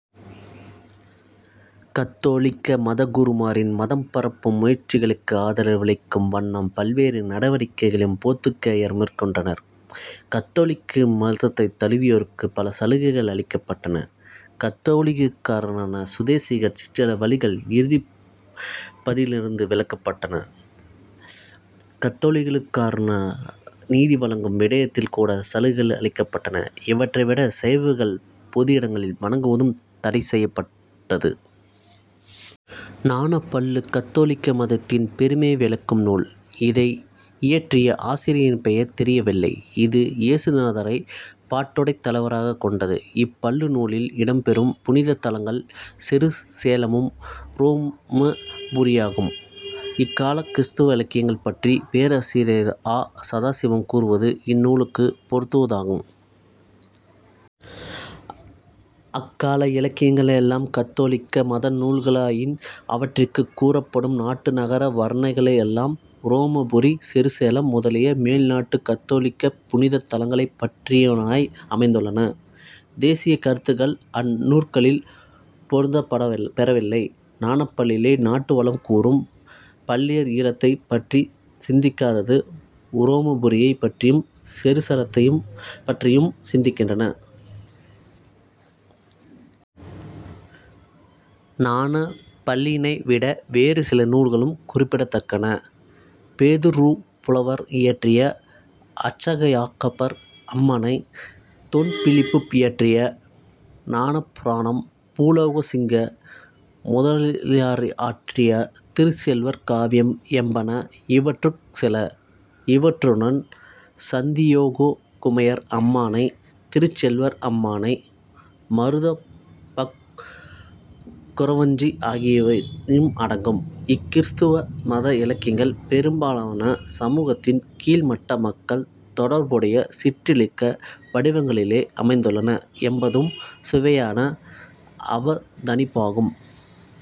கத்தோலிக்க மதகுருமாரின் மதம்பரப்பும் முயற்சிகளுக்கு ஆதரவளிக்கும் வண்ணம் பல்வேறு நடவடிக்கைகளையும் போத்துக்கேயர் மேற்கொண்டனர். கத்தோலிக்க மதத்தைத் தழுவியோருக்குப் பல சலுகைகள் அளிக்கப்பட்டன. கத்தோலிக்கரான சுதேசிகள் சிற்சில வரிகள் இறுப்பதிலிருந்து விலக்கபட்டனர். கத்தோலிக்கரானோருக்கு நீதி வழங்கும் விடயத்தில் கூட சலுகைகள் அளிக்கப்பட்டன. இவற்றைவிட சைவர்கள் பொது இடங்களில் வணங்குவதும் தடைசெய்யப்பட்டது. ஞானப்பள்ளு கத்தோலிக்க மதத்தின் பெருமையை விளக்கும் நூல். இதை இயற்யிய ஆசிரியரின் பெயர் தெரியவில்லை. இது இயேசுநாதரைப் பாட்டுடைத் தலைவராகக் கொண்டது. இப் பள்ளு நூலில் இடம் பெறும் புனிதத் தலங்கள் செரு சேலமும் உரோமாபுரியுமாகும். இக்காலக் கிறிஸ்துவ இலக்கியங்கள் பற்றி பேராசிரியர் ஆ. சதாசிவம் கூறுவது இந்நூலுக்கும் பொருந்துவதாகும். "அக்கால இலக்கியங்களெல்லாம் கத்தோலிக்க மத நூல்களாகையின் அவற்றிற் கூறப்படும் நாட்டு நகர வருணனைகளெல்லாம் உரோமாபுரி செருசேலம் முதலிய மேல் நாட்டுக் கத்தோலிக்க புனித தலங்களைப் பற்றியனவாய் அமைந்துள்ளன. தேசியக் கருத்துக்கள் அந் நூல்களிற் பொருந்தப்பபெறவில்லை. ஞானப்பள்ளிலே நாட்டு வளம் கூறும் பள்ளியர் ஈழத்தைப் பற்றிச் சிந்திக்காது உரோமாபுரியைப் பற்றியும் செருசேலமைப் பற்றியும் சிந்திக்கின்றனர். ஞானப்பள்ளினைவிட வேறு சில நூல்களும் குறிப்பிடத்தக்கன. பேதுருப்புலவர் இயற்றிய அர்ச்யாகப்பர் அம்மானை, தொன்பிலிப்பு இயற்றிய ஞானானத்தபுராணம், பூலோக சிங்க முதலியாரியற்றிய திருச்செல்வர் காவியம் என்பன இவற்றுட் சில. இவற்றுடன் சந்தியோகுமையூர் அம்மானை, திருச்செல்வர் அம்மானை, மருதப்பக்குறவஞ்சி ஆகியவையும் அடங்கும். இக் கிறித்தவ மத இலக்கியங்கள் பெரும்பாலன சமூகத்தின் கீழ்மட்ட மக்கள் தொடர்புடைய சிற்றிலக்கிய வடிவங்களிலே அமைந்துள்ளன என்பதும் சுவையான அவதானிப்பாகும்.